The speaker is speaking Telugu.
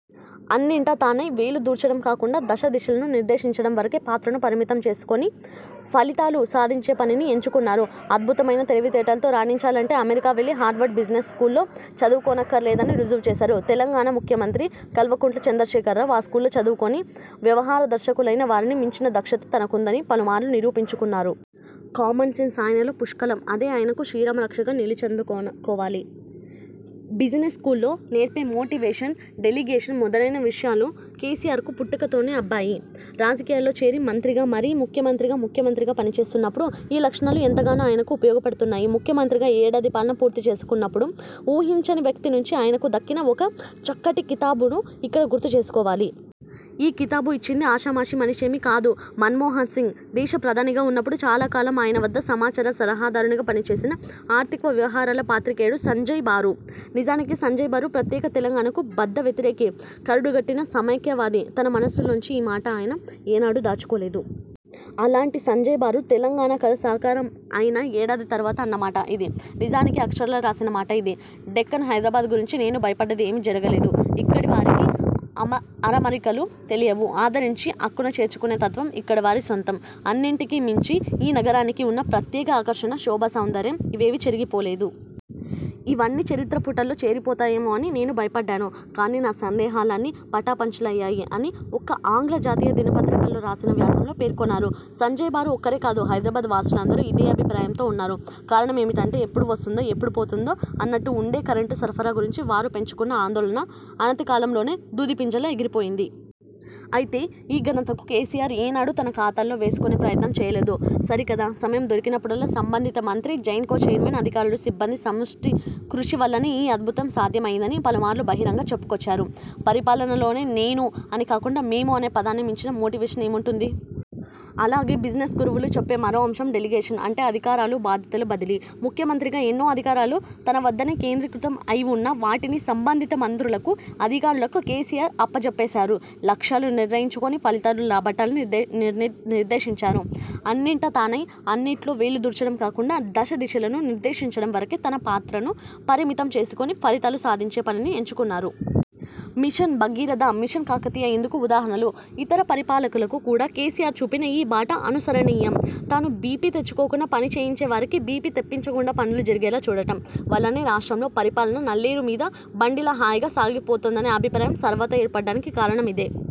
అన్నింటా తానై వేలు దూర్చడం కాకుండా దశ, దిశలను నిర్దేశించడం వరకే పాత్రను పరిమితం చేసుకుని ఫలితాలు సాధించే పనిని ఎంచుకున్నారు. అద్భుతమైన తెలివితేటలతో రాణించాలంటే అమెరికా వెళ్లి హార్వర్డ్ బిజినెస్ స్కూల్లో చదువుకోనక్కరలేదని రుజువు చేసారు తెలంగాణా ముఖ్యమంత్రి కల్వకుంట్ల చంద్రశేఖరరావు. ఆ స్కూల్లో చదువుకుని వ్యవహారదక్షులయిన వారిని మించిన దక్షత తనకుందని పలుమార్లు నిరూపించుకున్నారు. కామన్ సెన్స్ ఆయనలో పుష్కలం. అదే ఆయనకు శ్రీరామ రక్షగా నిలిచిందనుకోవాలి. బిజినెస్ స్కూల్లో నేర్పే మోటివేషన్, డెలిగేషన్ మొదలయిన విషయాలు కేసీఆర్కు పుట్టుకతోనే అబ్బాయి. రాజకీయాల్లో చేరి మంత్రిగా, మరీ ముఖ్యంగా ముఖ్యమంత్రిగా పనిచేస్తున్నప్పుడు ఈ లక్షణాలు ఎంతగానో ఆయనకు ఉపయోగపడుతున్నాయి. ముఖ్యమంత్రిగా ఏడాది పాలన పూర్తిచేసుకున్నప్పుడు ఊహించని వ్యక్తి నుంచి ఆయనకు దక్కిన ఒక చక్కటి కితాబును ఇక్కడ గుర్తు చేసుకోవాలి. ఈ కితాబు ఇచ్చింది ఆషామాషీ మనిషేమీ కాదు. మన్మోహన్ సింగ్ దేశ ప్రధానిగా వున్నప్పుడు చాలాకాలం ఆయన వద్ద సమాచార సలహాదారుగా పనిచేసిన ఆర్థిక వ్యవహారాల పాత్రికేయుడు సంజయ్ బారు. నిజానికి సంజయ్ బారు ప్రత్యేక తెలంగాణాకు బద్ధ వ్యతిరేకి. కరడుగట్టిన సమైక్యవాది. తన మనస్సులోని ఈ మాటని అయన ఏనాడూ దాచుకోలేదు. అలాంటి సంజయ్ బారు తెలంగాణా కల సాకారం అయిన ఏడాది తరువాత అన్నమాట ఇది. నిజానికి అక్షరాలా రాసిన మాట ఇది. ''డెక్కన్ హైదరాబాదు గురించి నేను భయపడ్డది ఏమీ జరగలేదు. ఇక్కడివారికి అరమరికలు తెలియవు, ఆదరించి అక్కున చేర్చుకునే తత్వం ఇక్కడివారి సొంతం. అన్నింటికీ మించి ఈ నగరానికి వున్న ప్రత్యేక ఆకర్షణ, శోభ, సౌందర్యం ఇవేవీ చెరిగిపోలేదు. ఇవన్నీ చరిత్ర పుటల్లో చేరిపోతాయేమో అని నేను భయపడ్డాను. కానీ నా సందేహాలన్నీ పటాపంచలయ్యాయి'' అని ఒక ఆంగ్ల జాతీయ దినపత్రికలో రాసిన వ్యాసంలో పేర్కొన్నారు. సంజయ్ బారు ఒక్కరే కాదు, హైదరాబాదు వాసులందరూ ఇదే అభిప్రాయంతో వున్నారు. కారణం ఏమిటంటే, ఎప్పుడు వస్తుందో, ఎప్పుడు పోతుందో అన్నట్టు వుండే కరెంటు సరఫరా గురించి వారు పెంచుకున్న ఆందోళన అనతికాలంలోనే దూదిపింజలా ఎగిరిపోయింది. అయితే ఈ ఘనతను కేసీఆర్ ఏనాడూ తన ఖాతాలో వేసుకునే ప్రయత్నం చేయలేదు. సరికదా, సమయం దొరికినప్పుడల్లా సంబంధిత మంత్రి, జెన్కో చైర్మన్, అధికారులు, సిబ్బంది సమష్టి కృషి వల్లనే ఈ 'అద్భుతం' సాధ్యం అయిందని పలుమార్లు బహిరంగంగా చెప్పుకొచ్చారు. పరిపాలనలో 'నేను' అని కాకుండా 'మేము' అనే పదాన్ని మించిన మోటివేషన్ ఏముంటుంది? అలాగే, బిజినెస్ గురువులు చెప్పే మరో అంశం డెలిగేషన్. అంటే అధికారాలు, బాధ్యతల బదిలీ. ముఖ్యమంత్రిగా ఎన్నో అధికారాలు తనవద్దనే కేంద్రీకృతం అయివున్నా వాటిని సంబంధిత మంత్రులకు, అధికారులకు కేసీఆర్ అప్పచెప్పేసారు. లక్ష్యాలు నిర్ణయించి, ఫలితాలు రాబట్టాలనినిర్దే నిర్దేశించారు. అన్నింటా తానయి, అన్నిట్లో వేలు దూర్చడం కాకుండా దశ, దిశలను నిర్దేశించడం వరకే తన పాత్రను పరిమితం చేసుకుని ఫలితాలు సాధించే పనిని ఎంచుకున్నారు. మిషన్ భగీరథ, మిషన్ కాకతీయ ఇందుకు ఉదాహరణలు. ఇతర పరిపాలకులకు కూడా కేసీఆర్ చూపిన ఈ బాట అనుసరణీయం. తను బీపీ తెచ్చుకోకుండా, పనిచేయించేవారికి బీపీ తెప్పించకుండా పనులు జరిగేలా చూడడం వల్లనే రాష్ట్రంలో పరిపాలన నల్లేరు మీది బండిలా హాయిగా సాగిపోతోందనే అభిప్రాయం సర్వత్రా ఏర్పడడానికి కారణం ఇదే.